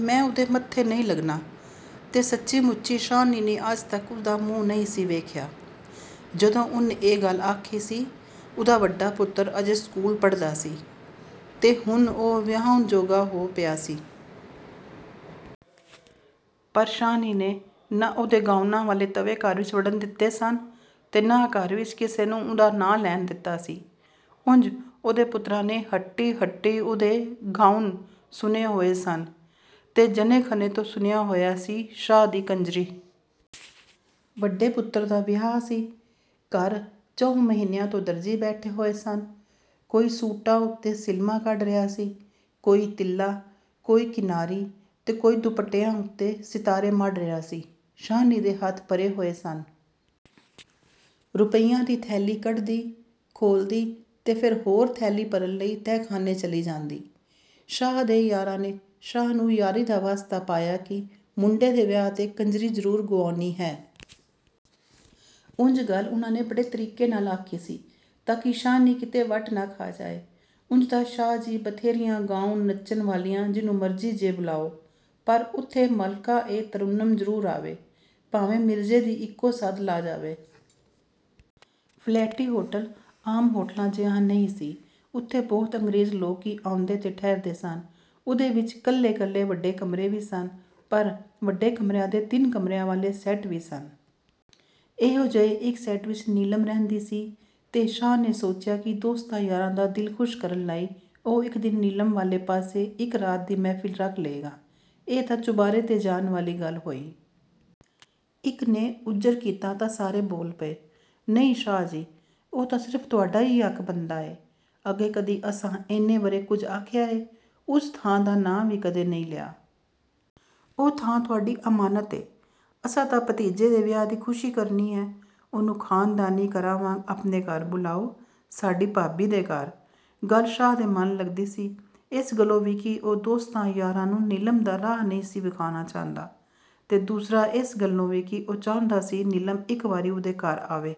ਮੈਂ ਉਹਦੇ ਮੱਥੇ ਨਹੀਂ ਲੱਗਣਾ ਤੇ ਸੱਚੀ-ਮੁੱਚੀ ਸ਼ਾਹਣੀ ਨੇ ਅੱਜ ਤੱਕ ਉਹਦਾ ਮੂੰਹ ਨਹੀਂ ਸੀ ਵੇਖਿਆ। ਜਦੋਂ ਉਹਨੇ ਇਹ ਗੱਲ ਆਖੀ ਸੀ, ਉਹਦਾ ਵੱਡਾ ਪੁੱਤਰ ਅਜੇ ਸਕੂਲੇ ਪੜ੍ਹਦਾ ਸੀ, ਤੇ ਹੁਣ ਉਹ ਵਿਆਹੁਣ ਜੋਗਾ ਹੋ ਪਿਆ ਸੀ। ਪਰ ਸ਼ਾਹਣੀ ਨੇ ਨਾ ਉਹਦੇ ਗਾਉਣਾਂ ਵਾਲੇ ਤਵੇ ਘਰ ਵਿਚ ਵੜਣ ਦਿੱਤੇ ਸਨ, ਤੇ ਨਾ ਘਰ ਵਿਚ ਕਿਸੇ ਨੂੰ ਉਹਦਾ ਨਾਂ ਲੈਣ ਦਿੱਤਾ ਸੀ। ਉਂਜ ਉਹਦੇ ਪੁੱਤਰਾਂ ਨੇ ਹੱਟੀ-ਹੱਟੀ ਉਹਦੇ ਗਾਉਣ ਸੁਣੇ ਹੋਏ ਸਨ, ਤੇ ਜਣੇ-ਖਣੇ ਤੋਂ ਸੁਣਿਆ ਹੋਇਆ ਸੀ, "ਸ਼ਾਹ ਦੀ ਕੰਜਰੀ।" ਵੱਡੇ ਪੁੱਤਰ ਦਾ ਵਿਆਹ ਸੀ। ਘਰ ਚਹੁੰ ਮਹੀਨਿਆਂ ਤੋਂ ਦਰਜ਼ੀ ਬੈਠੇ ਹੋਏ ਸਨ। ਕੋਈ ਸੂਟਾਂ ਉੱਤੇ ਸਿਲਮਾ ਕੱਢ ਰਿਹਾ ਸੀ, ਕੋਈ ਤਿੱਲਾ, ਕੋਈ ਕਿਨਾਰੀ ਤੇ ਕੋਈ ਦੁਪੱਟਿਆਂ ਉੱਤੇ ਸਿਤਾਰੇ ਮੜ੍ਹ ਰਿਹਾ ਸੀ। ਸ਼ਾਹਣੀ ਦੇ ਹੱਥ ਭਰੇ ਹੋਏ ਸਨ। ਰੁਪਈਆਂ ਦੀ ਥੈਲੀ ਕੱਢਦੀ, ਖੋਲ੍ਹਦੀ, ਤੇ ਫੇਰ ਹੋਰ ਥੈਲੀ ਭਰਨ ਲਈ ਤਹਿਖਾਨੇ ਚਲੀ ਜਾਂਦੀ। ਸ਼ਾਹ ਦੇ ਯਾਰਾਂ ਨੇ ਸ਼ਾਹ ਨੂੰ ਯਾਰੀ ਦਾ ਵਾਸਤਾ ਪਾਇਆ ਕਿ ਮੁੰਡੇ ਦੇ ਵਿਆਹ ਤੇ ਕੰਜਰੀ ਜ਼ਰੂਰ ਗੁਆਉਣੀ ਹੈ। ਉਂਜ ਗੱਲ ਉਹਨਾਂ ਨੇ ਬੜੇ ਤਰੀਕੇ ਨਾਲ ਆਖੀ ਸੀ, ਤਾਂ ਕਿ ਸ਼ਾਹਣੀ ਕਿਤੇ ਵੱਟ ਨਾ ਖਾ ਜਾਏ। "ਉਂਜ ਤਾਂ ਸ਼ਾਹ ਜੀ, ਬਥੇਰੀਆਂ ਗਾਉਣ-ਨੱਚਣ ਵਾਲੀਆਂ, ਜਿਹਨੂੰ ਮਰਜ਼ੀ ਜੇ ਬੁਲਾਉ। ਪਰ ਉੱਥੇ ਮਲਕਾ-ਏ-ਤਰੰਨੁਮ ਜ਼ਰੂਰ ਆਵੇ, ਭਾਵੇਂ ਮਿਰਜ਼ੇ ਦੀ ਇਕੋ ਸੱਦ ਲਾ ਜਾਵੇ।" ਫਲੈਟੀ ਹੋਟਲ ਆਮ ਹੋਟਲਾਂ ਜਿਹਾ ਨਹੀਂ ਸੀ। ਉੱਥੇ ਬਹੁਤ ਅੰਗਰੇਜ਼ ਲੋਕ ਹੀ ਆਉਂਦੇ ਤੇ ਠਹਿਰਦੇ ਸਨ। ਉਹਦੇ ਵਿਚ ਕੱਲੇ-ਕੱਲੇ ਵੱਡੇ ਕਮਰੇ ਵੀ ਸਨ, ਪਰ ਵੱਡੇ ਕਮਰਿਆਂ ਦੇ ਤਿੰਨ ਕਮਰਿਆਂ ਵਾਲੇ ਸੈੱਟ ਵੀ ਸਨ। ਇਹੋ ਜਿਹੇ ਇੱਕ ਸੈੱਟ ਵਿਚ ਨੀਲਮ ਰਹਿੰਦੀ ਸੀ ਤੇ ਸ਼ਾਹ ਨੇ ਸੋਚਿਆ ਕਿ ਦੋਸਤਾਂ-ਯਾਰਾਂ ਦਾ ਦਿਲ ਖੁਸ਼ ਕਰਨ ਲਈ ਉਹ ਇੱਕ ਦਿਨ ਨੀਲਮ ਵਾਲੇ ਪਾਸੇ ਇੱਕ ਰਾਤ ਦੀ ਮਹਿਫ਼ਲ ਰੱਖ ਲਏਗਾ। "ਇਹ ਤਾਂ ਚੁਬਾਰੇ ਤੇ ਜਾਣ ਵਾਲੀ ਗੱਲ ਹੋਈ।" ਇੱਕ ਨੇ ਉਜ਼ਰ ਕੀਤਾ ਤਾਂ ਸਾਰੇ ਬੋਲ ਪਏ, "ਨਹੀਂ ਸ਼ਾਹ ਜੀ, ਉਹ ਤਾਂ ਸਿਰਫ਼ ਤੁਹਾਡਾ ਹੀ ਹੱਕ ਬਣਦਾ ਏ। ਅੱਗੇ ਕਦੀ ਅਸਾਂ ਏਨੇ ਵਰ੍ਹੇ ਕੁਝ ਆਖਿਆ ਏ? ਉਸ ਥਾਂ ਦਾ ਨਾਂ ਵੀ ਕਦੇ ਨਹੀਂ ਲਿਆ। ਉਹ ਥਾਂ ਤੁਹਾਡੀ ਅਮਾਨਤ ਏ। ਅਸਾਂ ਤਾਂ ਭਤੀਜੇ ਦੇ ਵਿਆਹ ਦੀ ਖੁਸ਼ੀ ਕਰਨੀ ਏ। ਉਹਨੂੰ ਖਾਨਦਾਨੀ ਘਰਾਂ ਵਾਂਗ ਆਪਣੇ ਘਰ ਬੁਲਾਉ, ਸਾਡੀ ਭਾਬੀ ਦੇ ਘਰ..." ਗੱਲ ਸ਼ਾਹ ਦੇ ਮਨ ਲੱਗਦੀ ਸੀ। ਏਸ ਗੱਲੋਂ ਵੀ ਕਿ ਉਹ ਦੋਸਤਾਂ-ਯਾਰਾਂ ਨੂੰ ਨੀਲਮ ਦਾ ਰਾਹ ਨਹੀਂ ਸੀ ਵਿਖਾਣਾ ਚਾਹੁੰਦਾ, ਤੇ ਦੂਸਰਾ ਏਸ ਗੱਲੋਂ ਵੀ ਕਿ ਉਹ ਚਾਹੁੰਦਾ ਸੀ ਨੀਲਮ ਇੱਕ ਵਾਰੀ ਉਹਦੇ ਘਰ ਆਵੇ...।